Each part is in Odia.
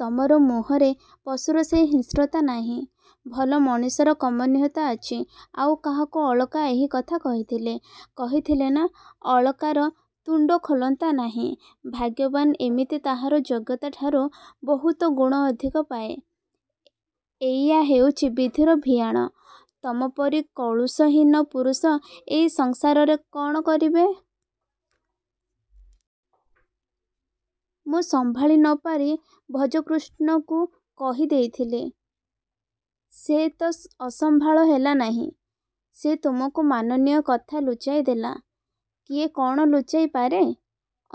ତମର ମୁହଁରେ ପଶୁର ସେହି ହିଂସ୍ରତା ନାହିଁ। ଭଲ ମଣିଷର କମନୀୟତା ଅଛି ଆଉ କାହାକୁ ଅଳକା ଏହି କଥା କହିଥିଲେ-କହିଥିଲେ ନା, ଅଳକାର ତୁଣ୍ଡ ଖୋଲନ୍ତା ନାହିଁ। ଭାଗ୍ୟବାନ୍ ଏମିତି ତାହାର ଯୋଗ୍ୟତାଠାରୁ ବହୁତଗୁଣ ଅଧିକ ପାଏ। ଏଇଆ ହେଉଛି ବିଧିର ଭିଆଣ। ତମପରି କଳୁଷ-ହୀନ ପୁରୁଷ ଏଇ ସଂସାରରେ କ'ଣ କରିବେ? -ମୁଁ ସମ୍ଭାଳି ନ ପାରି ଭଜକୃଷ୍ଣକୁ କହି ଦେଇଥିଲି। -ସେ ତ ଅସମ୍ଭାଳ ହେଲା ନାହିଁ। ସେ ତୁମକୁ ମାନମୟୀ କଥା ଲୁଚାଇ ଦେଲା। -କିଏ କ'ଣ ଲୁଚାଇପାରେ?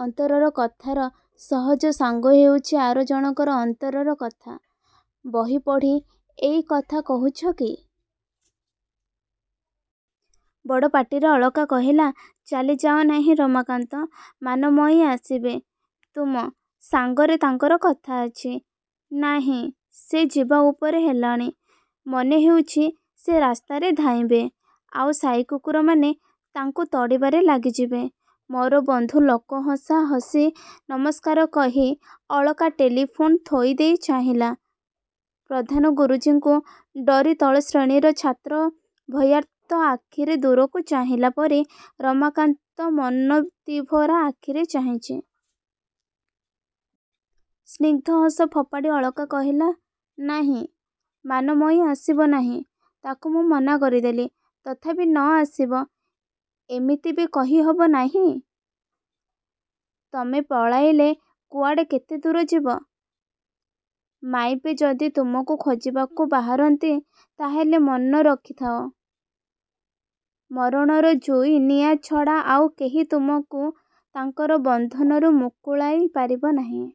ଅନ୍ତରର କଥାର ସହଜ ସାଙ୍ଗ ହେଉଛି ଆର ଜଣକର ଅନ୍ତରର କଥା। -ବହି ପଢ଼ି ଏଇ କଥା କହୁଛ କି? ବଡ଼ ପାଟିରେ ଅଳକା କହିଲା-ଚାଲିଯାଅ ନାହିଁ ରମାକାନ୍ତ। ମାନମୟୀ ଆସିବେ। ତୁମ। ସାଙ୍ଗରେ ତାଙ୍କର କଥା ଅଛି। -ନାହିଁ, ସେ ଯିବା ଉପରେ ହେଲାଣି। ମନେ ହେଉଛି ସେ ରାସ୍ତାରେ ଧାଇଁବେ। ଆଉ ସାଇ କୁକୁରମାନେ ତାଙ୍କୁ ତଡ଼ିବାରେ ଲାଗିଯିବେ। ମୋର ବନ୍ଧୁ ଲୋକହସା ହସି ନମସ୍କାର କହି ଅଳକା ଟେଲିଫୋନ୍ ଥୋଇଦେଇ ଚାହିଁଲା-ପ୍ରଧାନ ଗୁରୁଜୀଙ୍କୁ ଡରି ତଳ ଶ୍ରେଣୀର ଛାତ୍ର ଭୟାର୍ତ୍ତ ଆଖିରେ ଦୂରକୁ ଚାହିଁଲା ପରି-ରମାକାନ୍ତ ମିନତିଭରା ଆଖିରେ ଚାହିଁଛି। ସ୍ନିଗ୍ଧ ହସ ଫୋପାଡ଼ି ଅଳକା କହିଲା-ନାହିଁ। ମାନମୟୀ ଆସିବ ନାହିଁ। ତା'କୁ ମୁଁ ମନା କରିଦେଲି। ତଥାପି ନ ଆସିବ, ଏମିତି ବି କହି ହବ ନାହିଁ? ତମେ ପଳାଇଲେ କୁଆଡ଼େ କେତେ ଦୂର ଯିବ? ମାଇପେ ଯଦି ତୁମକୁ ଖୋଜିବାକୁ ବାହାରନ୍ତି ତାହାହେଲେ ମନ ରଖିଥାଅ-ମରଣର ଜୁଇ ନିଆଁ ଛଡ଼ା ଆଉ କେହି ତୁମକୁ ତାଙ୍କର ବନ୍ଧନରୁ ମୁକୁଳାଇ ପାରିବ ନାହିଁ-।